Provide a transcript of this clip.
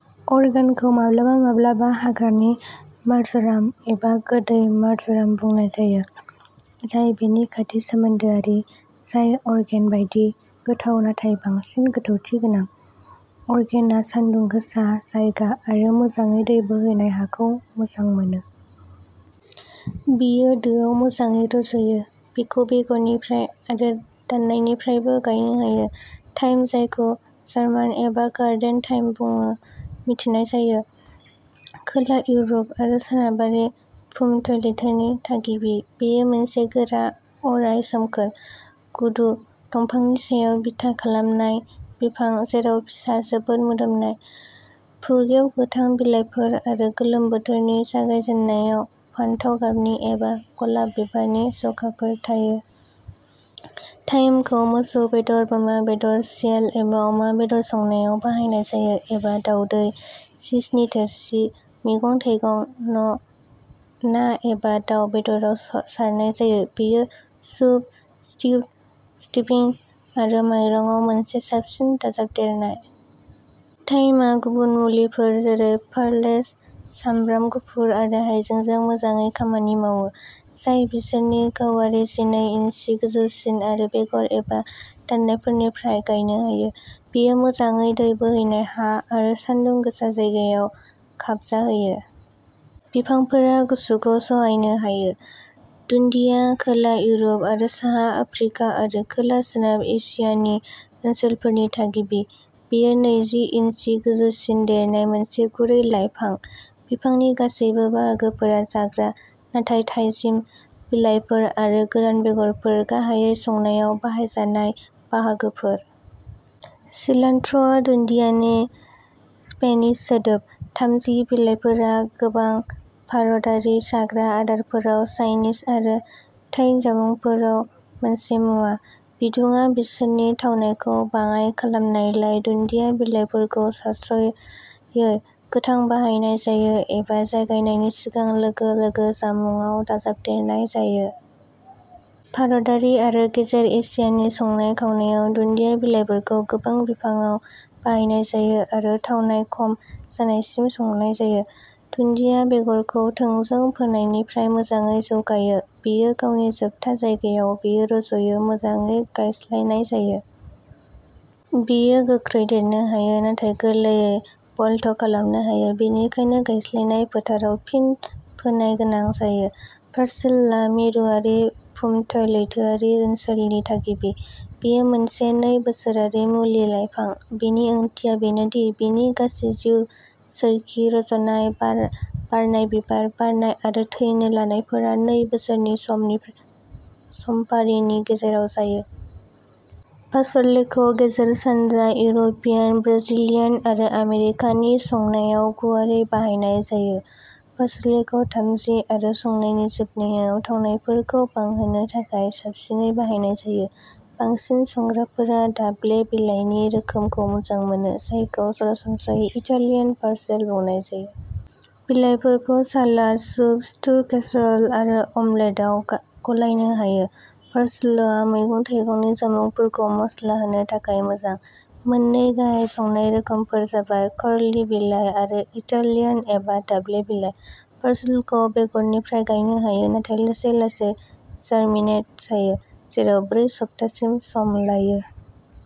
अरेगान'खौ माब्लाबा माब्लाबा हाग्रानि मार्जराम एबा गोदै मार्जराम बुंनाय जायो, जाय बेनि खाथि सोमोन्दोआरि, जाय अरेगान' बायदि गोथाव नाथाय बांसिन गोथौथि गोनां। अरेगान'आ सानदुं गोसा जायगा आरो मोजाङै दै बोहैनाय हाखौ मोजां मोनो। बेयो दोआव मोजाङै रज'यो। बेखौ बेगरनिफ्राय आरो दाननायनिफ्रायबो गायनो हायो। थाइम, जायखौ जार्मान एबा गार्डेन थाइम मुङै मिथिनाय जायो, खोला इउर'प आरो सोनाबारि भुमध्य लैथोनि थागिबि। बेयो मोनसे गोरा अराय सोमखोर, गुदु, दंफांनि सायाव बिथा खालामनाय बिफां, जेराव फिसा, जोबोद मोदोमनाय, फुरगेव गोथां बिलाइफोर आरो गोलोम बोथोरनि जागायजेन्नायाव फान्थाव गाबनि एबा गलाब बिबारनि जखाफोर थायो। थाइमखौ मोसौ बेदर, बोरमा बेदर, भियेल एबा अमा बेदर संनायाव बाहायनाय जायो, एबा दावदै, चीजनि थोरसि, मैगं थाइगं, ना एबा दाव बेदराव सारनाय जायो। बेयो सुप, स्टिउ, स्टफिं आरो माइरंआव मोनसे साबसिन दाजाबदेरनाय। थाइमआ गुबुन मुलिफोर जेरै पार्सले, सामब्राम गुफुर आरो हायजेंजों मोजाङै खामानि मावो, जाय बिसोरनि गावारि जिनै इन्सि गोजौसिम आरो बेगर एबा दाननायफोरनिफ्राय गायनो हायो। बेयो मोजाङै दै बोहैनाय हा आरो सानदुं गोसा जायगायाव खाबजाहोयो। बिफांफोरा गुसुखौ सहायनो हायो। दुन्दिया खोला इउरप आरो साहा आफ्रिका आरो खोला सोनाब एसियानि ओनसोलफोरनि थागिबि। बेयो नैजि इन्सि गोजौसिम देरनाय मोनसे गुरै लाइफां। बिफांनि गासैबो बाहागोफोरा जाग्रा, नाथाय थाजिम बिलाइफोर आरो गोरान बेगरफोरा गाहायै संनायाव बाहायजानाय बाहागोफोर। सिलान्ट्र'आ दुन्दियानि स्पेनिश सोदोब। थाजिम बिलाइफोरा गोबां भारतारि जाग्रा आदारफोराव चाइनिज आरो थाई जामुंफोराव मोनसे मुवा। बिदुंआ बिसोरनि थावनायखौ बाङाइ खालामनायलाय, दुन्दिया बिलाइफोरखौ सरासनस्रायै गोथां बाहायनाय जायो एबा जगायनायनि सिगां लोगो लोगो जामुंआव दाजाबदेरनाय जायो। भारतारि आरो गेजेर एसियानि संनाय खावनायाव, दुन्दिया बिलाइफोरखौ गोबां बिबाङाव बाहायनाय जायो आरो थावनाया खम जानायसिम संनाय जायो। दुन्दिया बेगरखौ थोंजों फोनायनिफ्राय मोजाङै जौगायो। बेयो गावनि जोबथा जायगायाव। बेयो रज'यो। मोजाङै गायस्लायनाय जायो। बेयो गोख्रै देरनो हायो नाथाय गोरलैयैनो बल्ट खालामनो हायो, बेनिखायनो गायस्लायनाय बोथोराव फिन फोनाय गोनां जायो। पार्सलेआ मिरुआरि भुमध्य लैथोआरि ओनसोलनि थागिबि। बेयो मोनसे नै बोसोरारि मुलि लाइफां। बेनि ओंथिया बेनो दि बिनि गासै जिउ सोरखि, रज'नाय, बारनाय, बिबार बारनाय आरो थैनो लानायफोरा नै बोसोरनि समफारिनि गेजेराव जायो। पार्सलेखौ गेजेर सानजा, इउर'पियान, ब्राजिलियान आरो आमेरिकानि संनायाव गुवारै बाहायनाय जायो। पार्सलेखौ थाजिम आरो संनायनि जोबनायाव थावनायफोरखौ बांहोनो थाखाय साबसिनै बाहायनाय जायो। बांसिन संग्राफोरा दाब्ले बिलाइनि रोखोमखौ मोजां मोनो, जायखौ सरासनस्रायै इटालियान पार्सले बुंनाय जायो। बिलाइफोरखौ सालाद, सुप, स्टु, केसर'ल आरो अमलेटआव गलायनो हायो। पार्सलेआ मैगं थाइगंनि जामुंफोरखौ मस्ला होनो थाखाय मोजां। मोननै गाहाय संनाय रोखोमफोरा जाबाय कर्ली बिलाइ आरो इटालियान, एबा दाब्ले बिलाइ। पार्सलेखौ बेगरनिफ्राय गायनो हायो नाथाय लासै लासै जारमिनेट जायो, जेराव ब्रै सप्तासिम सम लायो।